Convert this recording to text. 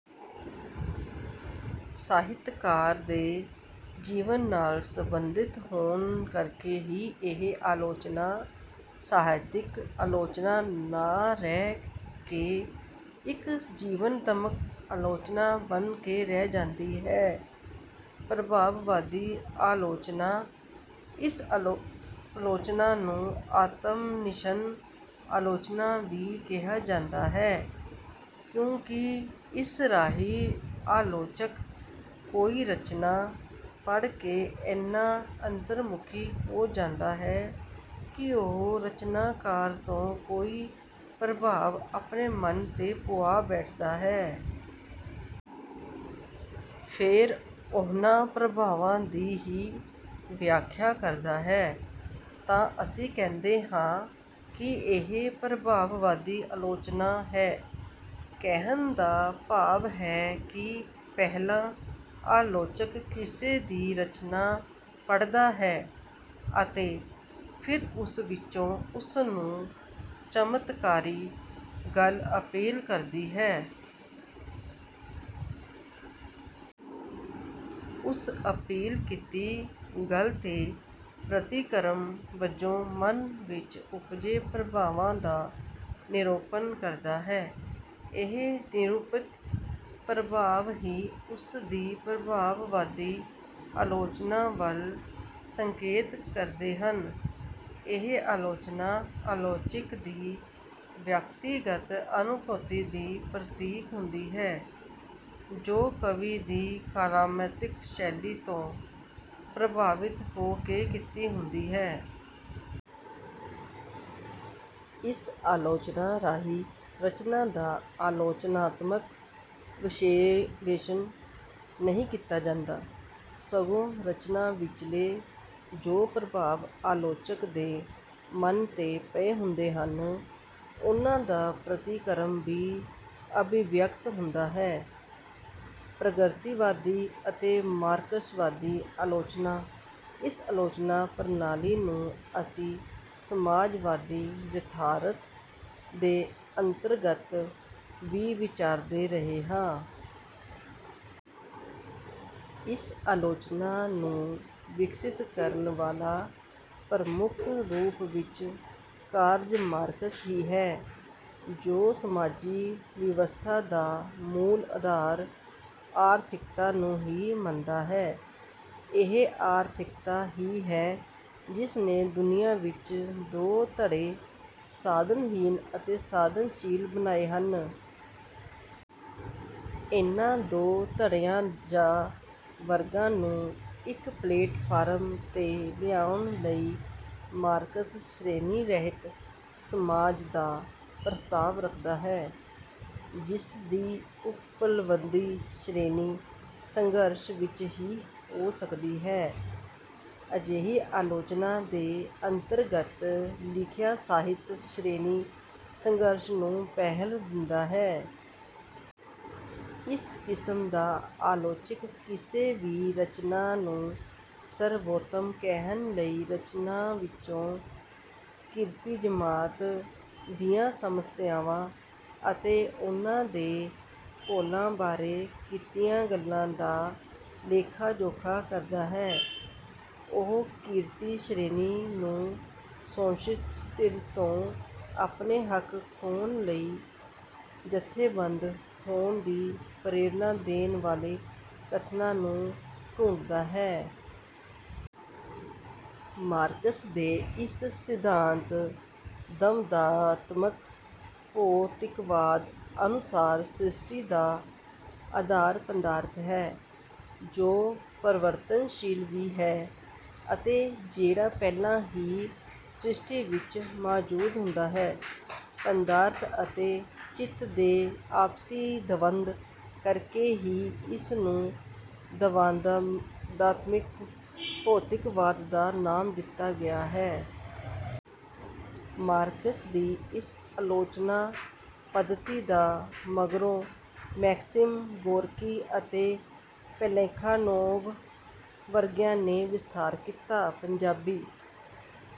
ਸਾਹਿਤਕਾਰ ਦੇ ਜੀਵਨ ਨਾਲ ਸੰਬੰਧਿਤ ਹੋਣ ਕਰਕੇ ਹੀ ਇਹ ਆਲੋਚਨਾ, ਸਾਹਿਤਕ ਆਲੋਚਨਾ ਨਾ ਰਹਿ ਕੇ ਇੱਕ ਜੀਵਨਤਮਕ ਆਲੋਚਨਾ ਬਣ ਕੇ ਰਹਿ ਜਾਂਦੀ ਹੈ। ਪ੍ਰਭਾਵਵਾਦੀ ਆਲੋਚਨਾ: ਇਸ ਆਲੋਚਨਾ ਨੂੰ ਆਤਮਨਿਸ਼ਠ ਆਲੋਚਨਾ ਵੀ ਕਿਹਾ ਜਾਂਦਾ ਹੈ, ਕਿਉਂਕਿ ਇਸ ਰਾਹੀਂ ਆਲੋਚਕ ਕੋਈ ਰਚਨਾ ਪੜ੍ਹ ਕੇ ਇੰਨਾ ਅੰਤਰਮੁਖੀ ਹੋ ਜਾਂਦਾ ਹੈ ਕਿ ਉਹ ਰਚਨਾਕਾਰ ਤੋਂ ਕੋਈ ਪ੍ਰਭਾਵ ਆਪਣੇ ਮਨ 'ਤੇ ਪੁਆ ਬੈਠਦਾ ਹੈ। ਫਿਰ ਉਹਨਾਂ ਪ੍ਰਭਾਵਾਂ ਦੀ ਹੀ ਵਿਆਖਿਆ ਕਰਦਾ ਹੈ, ਤਾਂ ਅਸੀਂ ਕਹਿੰਦੇ ਹਾਂ ਕਿ ਇਹ ਪ੍ਰਭਾਵਵਾਦੀ ਆਲੋਚਨਾ ਹੈ। ਕਹਿਣ ਦਾ ਭਾਵ ਹੈ ਕਿ ਪਹਿਲਾਂ ਆਲੋਚਕ ਕਿਸੇ ਦੀ ਰਚਨਾ ਪੜ੍ਹਦਾ ਹੈ ਅਤੇ ਫਿਰ ਉਸ ਵਿੱਚੋਂ ਉਸਨੂੰ ਚਮਤਕਾਰੀ ਗੱਲ ਅਪੀਲ ਕਰਦੀ ਹੈ। ਉਸ ਅਪੀਲ ਕੀਤੀ ਗੱਲ 'ਤੇ ਪ੍ਰਤੀਕਰਮ ਵਜੋਂ ਮਨ ਵਿੱਚ ਉਪਜੇ ਪ੍ਰਭਾਵਾਂ ਦਾ ਨਿਰੂਪਣ ਕਰਦਾ ਹੈ। ਇਹ ਨਿਰੂਪਿਤ ਪ੍ਰਭਾਵ ਹੀ ਉਸਦੀ ਪ੍ਰਭਾਵਵਾਦੀ ਆਲੋਚਨਾ ਵੱਲ ਸੰਕੇਤ ਕਰਦੇ ਹਨ। ਇਹ ਆਲੋਚਨਾ ਆਲੋਚਕ ਦੀ ਵਿਅਕਤੀਗਤ ਅਨੁਭੂਤੀ ਦੀ ਪ੍ਰਤੀਕ ਹੁੰਦੀ ਹੈ, ਜੋ ਕਵੀ ਦੀ ਕਲਾਤਮਕ ਸ਼ੈਲੀ ਤੋਂ ਪ੍ਰਭਾਵਿਤ ਹੋ ਕੇ ਕੀਤੀ ਹੁੰਦੀ ਹੈ। ਇਸ ਆਲੋਚਨਾ ਰਾਹੀਂ ਰਚਨਾ ਦਾ ਆਲੋਚਨਾਤਮਕ ਵਿਸ਼ਲੇਸ਼ਣ ਨਹੀਂ ਕੀਤਾ ਜਾਂਦਾ, ਸਗੋਂ ਰਚਨਾ ਵਿਚਲੇ ਜੋ ਪ੍ਰਭਾਵ ਆਲੋਚਕ ਦੇ ਮਨ 'ਤੇ ਪਏ ਹੁੰਦੇ ਹਨ, ਉਹਨਾਂ ਦਾ ਪ੍ਰਤੀਕਰਮ ਹੀ ਅਭਿਵਿਅਕਤ ਹੁੰਦਾ ਹੈ। ਪ੍ਰਗਤੀਵਾਦੀ ਜਾਂ ਮਾਰਕਸਵਾਦੀ ਆਲੋਚਨਾ: ਇਸ ਆਲੋਚਨਾ ਪ੍ਰਣਾਲੀ ਨੂੰ ਅਸੀਂ ਸਮਾਜਵਾਦੀ ਯਥਾਰਥ ਦੇ ਅੰਤਰਗਤ ਵੀ ਵਿਚਾਰਦੇ ਰਹੇ ਹਾਂ। ਇਸ ਆਲੋਚਨਾ ਨੂੰ ਵਿਕਸਿਤ ਕਰਨ ਵਾਲਾ ਪ੍ਰਮੁੱਖ ਰੂਪ ਵਿੱਚ ਕਾਰਲ ਮਾਰਕਸ ਹੀ ਹੈ, ਜੋ ਸਮਾਜੀ ਵਿਵਸਥਾ ਦਾ ਮੂਲ ਆਧਾਰ ਆਰਥਿਕਤਾ ਨੂੰ ਹੀ ਮੰਨਦਾ ਹੈ। ਇਹ ਆਰਥਿਕਤਾ ਹੀ ਹੈ ਜਿਸ ਨੇ ਦੁਨੀਆ ਵਿੱਚ ਦੋ ਧੜੇ ਸਾਧਨਹੀਣ ਅਤੇ ਸਾਧਨਸ਼ੀਲ ਬਣਾਏ ਹਨ। ਇਨ੍ਹਾਂ ਦੋ ਧੜਿਆਂ ਜਾਂ ਵਰਗਾਂ ਨੂੰ ਇੱਕ ਪਲੇਟਫਾਰਮ 'ਤੇ ਲਿਆਉਣ ਲਈ ਮਾਰਕਸ "ਸ਼੍ਰੇਣੀਰਹਿਤ ਸਮਾਜ" ਦਾ ਪ੍ਰਸਤਾਵ ਰੱਖਦਾ ਹੈ, ਜਿਸਦੀ ਉਪਲਬਧੀ ਸ਼੍ਰੇਣੀ-ਸੰਘਰਸ਼ ਵਿੱਚ ਹੀ ਹੋ ਸਕਦੀ ਹੈ। ਅਜਿਹੀ ਆਲੋਚਨਾ ਦੇ ਅੰਤਰਗਤ ਲਿਖਿਆ ਸਾਹਿਤ ਸ਼੍ਰੇਣੀ-ਸੰਘਰਸ਼ ਨੂੰ ਪਹਿਲ ਦਿੰਦਾ ਹੈ। ਇਸ ਕਿਸਮ ਦਾ ਆਲੋਚਕ ਕਿਸੇ ਵੀ ਰਚਨਾ ਨੂੰ ਸਰਵੋਤਮ ਕਹਿਣ ਲਈ ਰਚਨਾ ਵਿੱਚੋਂ ਕਿਰਤੀ ਜਮਾਤ ਦੀਆਂ ਸਮੱਸਿਆਵਾਂ ਅਤੇ ਉਹਨਾਂ ਦੇ ਘੋਲਾਂ ਬਾਰੇ ਕੀਤੀਆਂ ਗੱਲਾਂ ਦਾ ਲੇਖਾ-ਜੋਖਾ ਕਰਦਾ ਹੈ। ਉਹ ਕਿਰਤੀ ਸ਼੍ਰੇਣੀ ਨੂੰ ਸ਼ੋਸ਼ਿਤ ਧਿਰ ਤੋਂ ਆਪਣੇ ਹੱਕ ਖੋਹਣ ਲਈ ਜਥੇਬੰਦ ਹੋਣ ਦੀ ਪ੍ਰੇਰਣਾ ਦੇਣ ਵਾਲੇ ਕਥਨਾਂ ਨੂੰ ਢੂੰਡਦਾ ਹੈ। ਮਾਰਕਸ ਦੇ ਇਸ ਸਿਧਾਂਤ "ਦਵੰਦਾਤਮਕ ਭੌਤਿਕਵਾਦ" ਅਨੁਸਾਰ ਸ੍ਰਿਸ਼ਟੀ ਦਾ ਆਧਾਰ ਪਦਾਰਥ ਹੈ, ਜੋ ਪਰਿਵਰਤਨਸ਼ੀਲ ਵੀ ਹੈ ਅਤੇ ਜਿਹੜਾ ਪਹਿਲਾਂ ਹੀ ਸ੍ਰਿਸ਼ਟੀ ਵਿੱਚ ਮੌਜੂਦ ਹੁੰਦਾ ਹੈ। ਪਦਾਰਥ ਅਤੇ ਚਿੱਤ ਦੇ ਆਪਸੀ ਦਵੰਦ ਕਰਕੇ ਹੀ ਇਸ ਨੂੰ ਦਵੰਦਾਤਮਕ ਭੌਤਿਕਵਾਦ ਦਾ ਨਾਮ ਦਿੱਤਾ ਗਿਆ ਹੈ। ਮਾਰਕਸ ਦੀ ਇਸ ਆਲੋਚਨਾ ਪੱਧਤੀ ਦਾ ਮਗਰੋਂ ਮੈਕਸਿਮ ਗੋਰਕੀ ਤੇ ਪਲੈਖਾਨੋਵ ਵਰਗਿਆਂ ਨੇ ਵਿਸਥਾਰ ਕੀਤਾ। ਪੰਜਾਬੀ